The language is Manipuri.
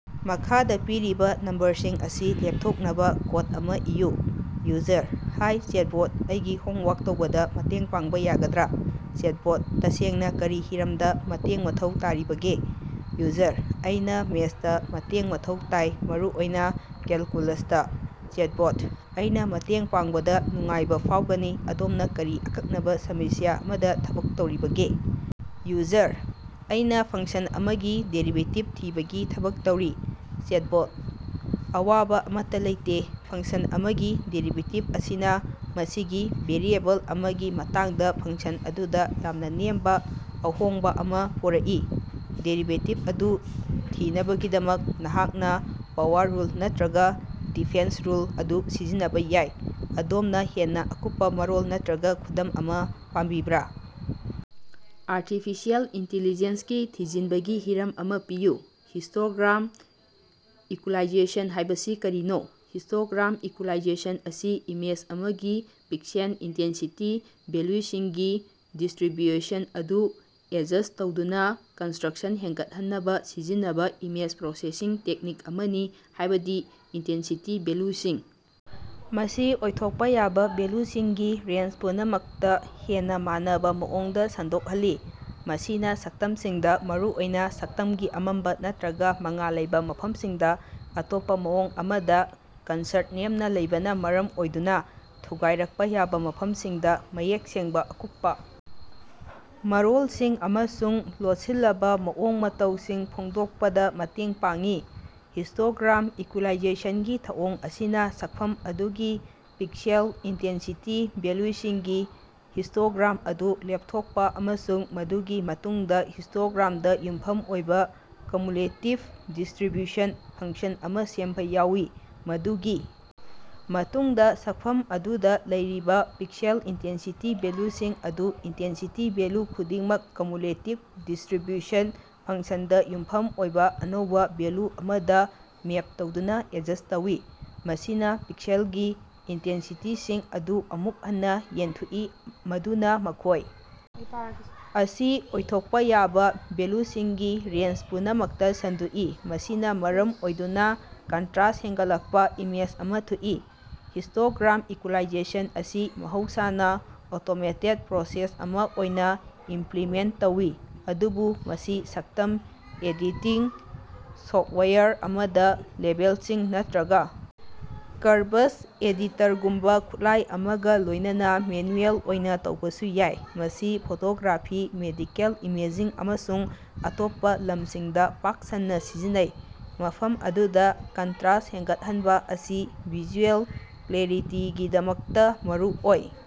ꯃꯈꯥꯗ ꯄꯤꯔꯤꯕ ꯅꯝꯕꯔꯁꯤꯡ ꯑꯁꯤ ꯂꯦꯞꯊꯣꯛꯅꯕ ꯀꯣꯗ ꯑꯃ ꯏꯌꯨ꯫ ꯌꯨꯖꯔ: ꯍꯥꯢ ꯆꯦꯇꯕꯣꯠ ꯑꯩꯒꯤ ꯍꯣꯝ ꯋꯥꯔꯛ ꯇꯧꯕꯗ ꯃꯇꯦꯡ ꯄꯥꯡꯕ ꯌꯥꯒꯗ꯭ꯔꯥ? ꯆꯦꯇꯕꯣꯠ: ꯇꯁꯦꯡꯅ ꯀꯔꯤ ꯍꯤꯔꯝꯗ ꯃꯇꯦꯡ ꯃꯊꯧ ꯇꯥꯔꯤꯕꯒꯦ? ꯌꯨꯖꯔ: ꯑꯩꯅꯥ ꯃꯦꯊꯁꯇꯥ ꯃꯇꯦꯡ ꯃꯊꯧ ꯇꯥꯏ ꯃꯔꯨꯑꯣꯏꯅ ꯀꯦꯜꯀꯨꯂꯁꯇꯥ꯫ ꯆꯦꯇꯕꯣꯠ: ꯑꯩꯅꯥ ꯃꯇꯦꯡ ꯄꯥꯡꯕꯗ ꯅꯨꯡꯉꯥꯏꯕ ꯐꯥꯎꯒꯅꯤ ꯑꯗꯣꯝꯅ ꯀꯔꯤ ꯑꯀꯛꯅꯕ ꯁꯃꯁ꯭ꯌꯥ ꯑꯃꯗ ꯊꯕꯛ ꯇꯧꯔꯤꯕꯒꯦ? ꯌꯨꯖꯔ: ꯑꯩꯅꯥ ꯐꯡꯀꯁꯟ ꯑꯃꯒꯤ ꯗꯦꯔꯤꯕꯦꯇꯤꯕ ꯊꯤꯕꯒꯤ ꯊꯕꯛ ꯇꯧꯔꯤ꯫ ꯆꯦꯇꯕꯣꯠ: ꯑꯋꯥꯕ ꯑꯃꯠꯇ ꯂꯩꯇꯦ ꯐꯡꯀꯁꯟ ꯑꯃꯒꯤ ꯗꯦꯔꯤꯕꯦꯇꯤꯕ ꯑꯁꯤꯅ ꯃꯁꯤꯒꯤ ꯚꯦꯔꯤꯑꯦꯕꯜ ꯑꯃꯒꯤ ꯃꯇꯥꯡꯗ ꯐꯡꯀꯁꯟ ꯑꯗꯨꯗ ꯌꯥꯝꯅ ꯅꯦꯝꯕ ꯑꯍꯣꯡꯕ ꯑꯃꯥ ꯄꯨꯔꯛꯏ꯫ ꯗꯦꯔꯤꯕꯦꯇꯤꯕ ꯑꯗꯨ ꯊꯤꯅꯕꯒꯤꯗꯃꯛ ꯅꯍꯥꯛꯅ ꯄꯥꯋꯔ ꯔꯨꯜ ꯅꯠꯇ꯭ꯔꯒ ꯗꯤꯐꯦꯟꯁ ꯔꯨꯜ ꯑꯗꯨ ꯁꯤꯖꯤꯟꯅꯕ ꯌꯥꯏ꯫ ꯑꯗꯣꯝꯅ ꯍꯦꯟꯅ ꯑꯀꯨꯞꯄꯥ ꯃꯔꯣꯜ ꯅꯠꯇ꯭ꯔꯒ ꯈꯨꯗꯝ ꯑꯃ ꯄꯥꯝꯕꯤꯕꯔꯥ? ꯑꯥꯔꯇꯤꯐꯤꯁꯤꯑꯦꯜ ꯏꯟꯇꯤꯂꯤꯖꯦꯟꯁ ꯒꯤ ꯊꯤꯖꯤꯟꯕꯒꯤ ꯍꯤꯔꯝ ꯑꯃ ꯄꯤꯌꯨ꯫ ꯍꯤꯁ꯭ꯇꯣꯒ꯭ꯔꯥꯝ ꯏꯛꯌꯨꯏꯂꯥꯏꯖꯦꯁꯟ ꯍꯥꯌꯕꯁꯤ ꯀꯔꯤꯅꯣ? ꯍꯤꯁ꯭ꯇꯣꯒ꯭ꯔꯥꯝ ꯏꯀꯨꯏꯂꯥꯏꯖꯦꯁꯟ ꯑꯁꯤ ꯏꯃꯦꯖ ꯑꯃꯒꯤ ꯄꯤꯛꯁꯦꯜ ꯏꯟꯇꯦꯟꯁꯤꯇꯤ ꯚꯦꯜꯌꯨꯁꯤꯡꯒꯤ ꯗꯤꯁꯇ꯭ꯔꯤꯕ꯭ꯌꯨꯁꯟ ꯑꯗꯨ ꯑꯦꯗꯖꯁ꯭ꯠ ꯇꯧꯗꯨꯅ ꯀꯟꯇ꯭ꯔꯁ꯭ꯠ ꯍꯦꯟꯒꯠꯍꯟꯅꯕ ꯁꯤꯖꯤꯟꯅꯕ ꯏꯃꯦꯖ ꯄ꯭ꯔꯣꯁꯦꯁꯤꯡ ꯇꯦꯛꯅꯤꯛ ꯑꯃꯅꯤ ꯍꯥꯢꯕꯗꯤ ꯏꯟꯇꯦꯟꯁꯤꯇꯤ ꯚꯦꯜꯌꯨꯁꯤꯡ ꯑꯁꯤ ꯑꯣꯏꯊꯣꯛꯄ ꯌꯥꯕ ꯚꯦꯜꯌꯨꯁꯤꯡꯒꯤ ꯔꯦꯟꯖ ꯄꯨꯝꯅꯃꯛꯇ ꯍꯦꯟꯅ ꯃꯥꯟꯅꯕ ꯃꯑꯣꯡꯗ ꯁꯟꯗꯣꯛꯍꯜꯂꯤ꯫ ꯃꯁꯤꯅ ꯁꯛꯇꯝꯁꯤꯡꯗ ꯃꯔꯨꯑꯣꯏꯅ ꯁꯛꯇꯝꯒꯤ ꯑꯃꯝꯕ ꯅꯠꯇ꯭ꯔꯒ ꯃꯉꯥꯜ ꯂꯩꯕꯥ ꯃꯐꯝꯁꯤꯡꯗꯥ ꯑꯇꯣꯞꯄ ꯃꯑꯣꯡ ꯑꯃꯗ ꯀꯟꯠꯔꯁ꯭ꯠ ꯅꯦꯝꯅ ꯂꯩꯕꯅ ꯃꯔꯝ ꯑꯣꯏꯗꯨꯅ ꯊꯨꯒꯥꯏꯔꯛꯄ ꯌꯥꯕ ꯃꯐꯝꯁꯤꯡꯗ ꯃꯌꯦꯛ ꯁꯦꯡꯕ ꯑꯀꯨꯞꯄ ꯃꯔꯣꯜꯁꯤꯡ ꯑꯃꯁꯨꯡ ꯂꯣꯠꯁꯤꯜꯂꯕ ꯃꯑꯣꯡ ꯃꯇꯧꯁꯤꯡ ꯐꯣꯡꯗꯣꯛꯄꯗ ꯃꯇꯦꯡ ꯄꯥꯡꯏ꯫ ꯍꯤꯁ꯭ꯇꯣꯒ꯭ꯔꯥꯝ ꯏꯀꯨꯏꯂꯥꯏꯖꯦꯁꯟꯒꯤ ꯊꯧꯑꯣꯡ ꯑꯁꯤꯅ ꯁꯛꯐꯝ ꯑꯗꯨꯒꯤ ꯄꯤꯛꯁꯦꯜ ꯏꯟꯇꯦꯟꯁꯤꯇꯤ ꯚꯦꯜꯌꯨꯁꯤꯡꯒꯤ ꯍꯤꯁ꯭ꯇꯣꯒ꯭ꯔꯥꯝ ꯑꯗꯨ ꯂꯦꯞꯊꯣꯛꯄ ꯑꯃꯁꯨꯡ ꯃꯗꯨꯒꯤ ꯃꯇꯨꯡꯗ ꯍꯤꯁ꯭ꯇꯣꯒ꯭ꯔꯥꯝꯗ ꯌꯨꯝꯐꯝ ꯑꯣꯏꯕ ꯀ꯭ꯌꯨꯃꯨꯂꯦꯇꯤꯕ ꯗꯤꯁꯇ꯭ꯔꯤꯕ꯭ꯌꯨꯁꯟ ꯐꯡꯀꯁꯟ ꯑꯃ ꯁꯦꯝꯕ ꯌꯥꯎꯏ꯫ ꯃꯗꯨꯒꯤ ꯃꯇꯨꯡꯗ ꯁꯛꯐꯝ ꯑꯗꯨꯗ ꯂꯩꯔꯤꯕ ꯄꯤꯛꯁꯦꯜ ꯏꯟꯇꯦꯟꯁꯤꯇꯤ ꯚꯦꯜꯌꯨꯁꯤꯡ ꯑꯗꯨ ꯏꯟꯇꯦꯟꯁꯤꯇꯤ ꯚꯦꯜꯌꯨ ꯈꯨꯗꯤꯡꯃꯛ ꯀ꯭ꯌꯨꯃꯨꯂꯦꯇꯤꯕ ꯗꯤꯁꯇ꯭ꯔꯤꯕ꯭ꯌꯨꯁꯟ ꯐꯡꯀꯁꯟ ꯇꯥ ꯌꯨꯝꯐꯝ ꯑꯣꯏꯕ ꯑꯅꯧꯕ ꯚꯦꯜꯌꯨ ꯑꯃꯗ ꯃꯦꯞ ꯇꯧꯗꯨꯅꯥ ꯑꯦꯗꯖꯁ꯭ꯠ ꯇꯧꯏ꯫ ꯃꯁꯤꯅ ꯄꯤꯛꯁꯦꯜꯒꯤ ꯏꯟꯇꯦꯟꯁꯤꯇꯤꯁꯤꯡ ꯑꯗꯨ ꯑꯃꯨꯛ ꯍꯟꯅ ꯌꯦꯟꯊꯣꯛꯏ ꯃꯗꯨꯅ ꯃꯈꯣꯢ ꯑꯁꯤ ꯑꯣꯏꯊꯣꯛꯄ ꯌꯥꯕ ꯚꯦꯜꯌꯨꯁꯤꯡꯒꯤ ꯔꯦꯟꯖ ꯄꯨꯝꯅꯃꯛꯇ ꯁꯟꯗꯣꯛꯏ, ꯃꯁꯤꯅ ꯃꯔꯝ ꯑꯣꯏꯗꯨꯅ ꯀꯟꯇꯔꯁ꯭ꯠ ꯍꯦꯟꯒꯠꯂꯛꯄ ꯏꯃꯦꯖ ꯑꯃ ꯊꯣꯛꯏ꯫ ꯍꯤꯁ꯭ꯇꯣꯒ꯭ꯔꯥꯝ ꯏꯀꯨꯏꯂꯥꯏꯖꯦꯁꯟ ꯑꯁꯤ ꯃꯍꯧꯁꯥꯅ ꯑꯣꯇꯣꯃꯦꯇꯦꯗ ꯄ꯭ꯔꯣꯁꯦꯁ ꯑꯃ ꯑꯣꯏꯅ ꯏꯃꯄ꯭ꯂꯤꯃꯦꯟꯇ ꯇꯧꯏ ꯑꯗꯨꯕꯨ ꯃꯁꯤ ꯁꯛꯇꯝ ꯑꯦꯗꯤꯇꯤꯡ ꯁꯣꯐꯇꯋꯥꯌꯔ ꯑꯃꯗ ꯂꯦꯚꯦꯜꯁꯤꯡ ꯅꯠꯇ꯭ꯔꯒ ꯀꯔꯚꯁ ꯑꯦꯗꯤꯇꯔꯒꯨꯝꯕ ꯈꯨꯠꯂꯥꯢ ꯑꯃꯒ ꯂꯣꯢꯅꯅꯥ ꯃꯦꯅꯨꯑꯦꯜ ꯑꯣꯏꯅ ꯇꯧꯕꯁꯨ ꯌꯥꯏ꯫ ꯃꯁꯤ ꯐꯣꯇꯣꯒ꯭ꯔꯥꯐꯤ ꯃꯦꯗꯤꯀꯦꯜ ꯏꯃꯦꯖꯤꯡ ꯑꯃꯁꯨꯡ ꯑꯇꯣꯞꯄ ꯂꯝꯁꯤꯡꯗ ꯄꯥꯛ ꯁꯟꯅ ꯁꯤꯖꯤꯟꯅꯩ ꯃꯐꯝ ꯑꯗꯨꯗ ꯀꯟꯇ꯭ꯔꯥꯁ ꯍꯦꯟꯒꯠꯍꯟꯕ ꯑꯁꯤ ꯚꯤꯖꯨꯑꯦꯜ ꯀ꯭ꯂꯦꯔꯤꯇꯤꯒꯤꯗꯃꯛꯇ ꯃꯔꯨ ꯑꯣꯏ꯫